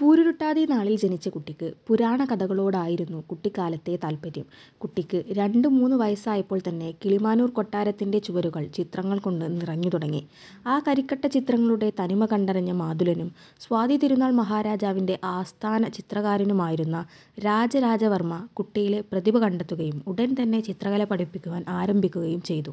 പൂരൂരുട്ടാതി നാളിൽ ജനിച്ച കുട്ടിക്ക് പുരാണകഥകളോടായിരുന്നു കുട്ടിക്കാലത്തേ താൽപര്യം. കുട്ടിക്ക് രണ്ടു മൂന്ന് വയസ്സായപ്പോൾ തന്നെ കിളിമാനൂർ കൊട്ടാരത്തിന്റെ ചുവരുകൾ ചിത്രങ്ങൾ കൊണ്ട് നിറഞ്ഞു തുടങ്ങി. ആ കരിക്കട്ടച്ചിത്രങ്ങളുടെ തനിമ കണ്ടറിഞ്ഞ മാതുലനും സ്വാതിതിരുനാൾ മഹാരാജാവിന്റെ ആസ്ഥാന ചിത്രകാരനും ആയിരുന്ന രാജരാജവർമ്മ കുട്ടിയിലെ പ്രതിഭ കണ്ടെത്തുകയും ഉടൻ തന്നെ ചിത്രകല പഠിപ്പിക്കുവാൻ ആരംഭിക്കുകയും ചെയ്തു.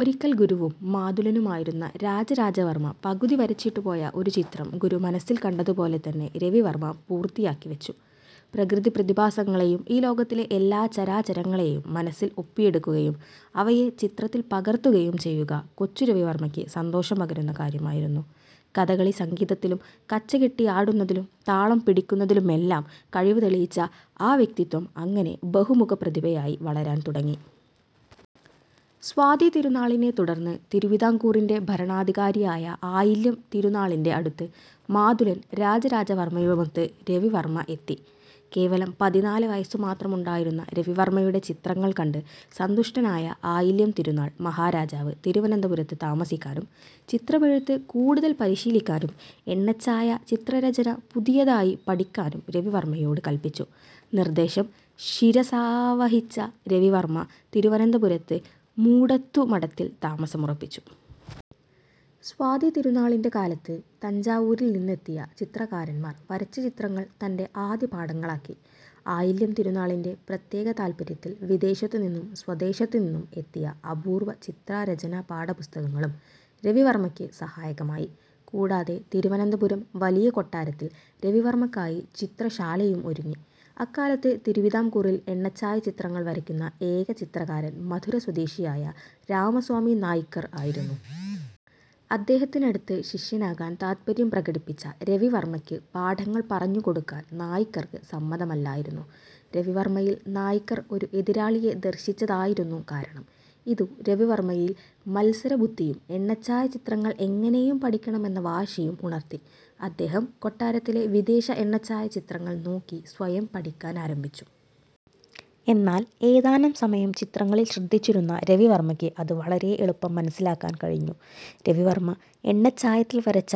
ഒരിക്കൽ ഗുരുവും മാതുലനുമായിരുന്ന രാജരാജവർമ്മ പകുതി വരച്ചിട്ടു പോയ ഒരു ചിത്രം ഗുരു മനസ്സിൽ കണ്ടതുപോലെ തന്നെ രവിവർമ്മ പൂർത്തിയാക്കി വച്ചു. പ്രകൃതി പ്രതിഭാസങ്ങളെയും ഈ ലോകത്തിലെ എല്ലാ ചരാചരങ്ങളെയും മനസ്സിൽ ഒപ്പിയെടുക്കുകയും അവയെ ചിത്രത്തിൽ പകർത്തുകയും ചെയ്യുക കൊച്ചുരവിവർമ്മയ്ക്ക് സന്തോഷം പകരുന്ന കാര്യമായിരുന്നു. കഥകളി സംഗീതത്തിലും കച്ചകെട്ടിയാടുന്നതിലും താളം പിടിക്കുന്നതിലുമെല്ലാം കഴിവു തെളിയിച്ച ആ വ്യക്തിത്വം അങ്ങനെ ബഹുമുഖപ്രതിഭയായി വളരാൻ തുടങ്ങി. സ്വാതിതിരുനാളിനെ തുടർന്ന് തിരുവിതാംകൂറിന്റെ ഭരണാധികാരിയായ ആയില്യം തിരുനാളിന്റെ അടുത്ത് മാതുലൻ രാജരാജവർമ്മയുമൊത്ത് രവിവർമ്മ എത്തി. കേവലം പതിനാല് വയസ്സുമാത്രമുണ്ടായിരുന്ന രവിവർമ്മയുടെ ചിത്രങ്ങൾ കണ്ട് സന്തുഷ്ടനായ ആയില്യം തിരുനാൾ മഹാരാജാവ് തിരുവനന്തപുരത്ത് താമസിക്കാനും, ചിത്രമെഴുത്ത് കൂടുതൽ പരിശീലിക്കാനും, എണ്ണച്ചായ ചിത്രരചന പുതിയതായി പഠിക്കാനും രവിവർമ്മയോടു കൽപ്പിച്ചു. നിർദ്ദേശം ശിരസാവഹിച്ച രവിവർമ്മ തിരുവനന്തപുരത്ത് മൂടത്തുമഠത്തിൽ താമസമുറപ്പിച്ചു. സ്വാതിതിരുന്നാളിന്റെ കാലത്ത് തഞ്ചാവൂരിൽ നിന്നെത്തിയ ചിത്രകാരന്മാർ വരച്ചചിത്രങ്ങൾ തന്റെ ആദ്യപാഠങ്ങളാക്കി. ആയില്യംതിരുനാളിന്റെ പ്രത്യേക താൽപ്പര്യത്തിൽ വിദേശത്തുനിന്നും സ്വദേശത്തുനിന്നും എത്തിയ അപൂർവ്വ ചിത്രരചനാ പാഠപുസ്തകങ്ങളും രവിവർമ്മക്ക് സഹായകമായി. കൂടാതെ തിരുവനന്തപുരം വലിയകൊട്ടാരത്തിൽ രവിവർമ്മക്കായി ചിത്രശാലയും ഒരുങ്ങി. അക്കാലത്ത് തിരുവിതാംകൂറിൽ എണ്ണച്ചായ ചിത്രങ്ങൾ വരക്കുന്ന ഏക ചിത്രകാരൻ മധുര സ്വദേശിയായ രാമസ്വാമി നായ്ക്കർ ആയിരുന്നു. അദ്ദേഹത്തിനടുത്ത് ശിഷ്യനാകാൻ താത്പര്യം പ്രകടിപ്പിച്ച രവിവർമ്മക്ക് പാഠങ്ങൾ പറഞ്ഞു കൊടുക്കാൻ നായ്ക്കർക്ക് സമ്മതമല്ലായിരുന്നു. രവിവർമ്മയിൽ നായ്ക്കർ ഒരു എതിരാളിയെ ദർശിച്ചതായിരുന്നു കാരണം. ഇതു രവിവർമ്മയിൽ മത്സരബുദ്ധിയും എണ്ണച്ചായ ചിത്രങ്ങൾ എങ്ങനെയും പഠിക്കണമെന്ന വാശിയും ഉണർത്തി. അദ്ദേഹം കൊട്ടാരത്തിലെ വിദേശ എണ്ണച്ചായ ചിത്രങ്ങൾ നോക്കി സ്വയം പഠിക്കാൻ ആരംഭിച്ചു. എന്നാൽ ഏതാനം സമയം ചിത്രങ്ങളിൽ ശ്രദ്ധിച്ചിരുന്ന രവിവർമ്മക്ക് അത് വളരെ എളുപ്പം മനസ്സിലാക്കാൻ കഴിഞ്ഞു. രവിവർമ്മ എണ്ണച്ചായത്തിൽ വരച്ച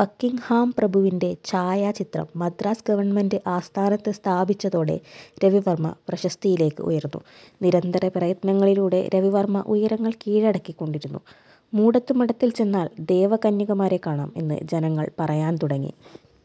ബക്കിങ്ങ്ഹാം പ്രഭുവിന്റെ ഛായാ ചിത്രം മദ്രാസ് ഗവൺമന്റ് ആസ്ഥാനത്ത് സ്ഥാപിച്ചതോടെ രവിവർമ്മ പ്രശസ്തിയിലേക്ക് ഉയർന്നു. നിരന്തര പ്രയത്നങ്ങളിലൂടെ രവിവർമ്മ ഉയരങ്ങൾ കീഴടക്കികൊണ്ടിരുന്നു. 'മൂടത്തു മഠത്തിൽ ചെന്നാൽ ദേവകന്യകമാരെ കാണാം' എന്ന് ജനങ്ങൾ പറയാൻ തുടങ്ങി.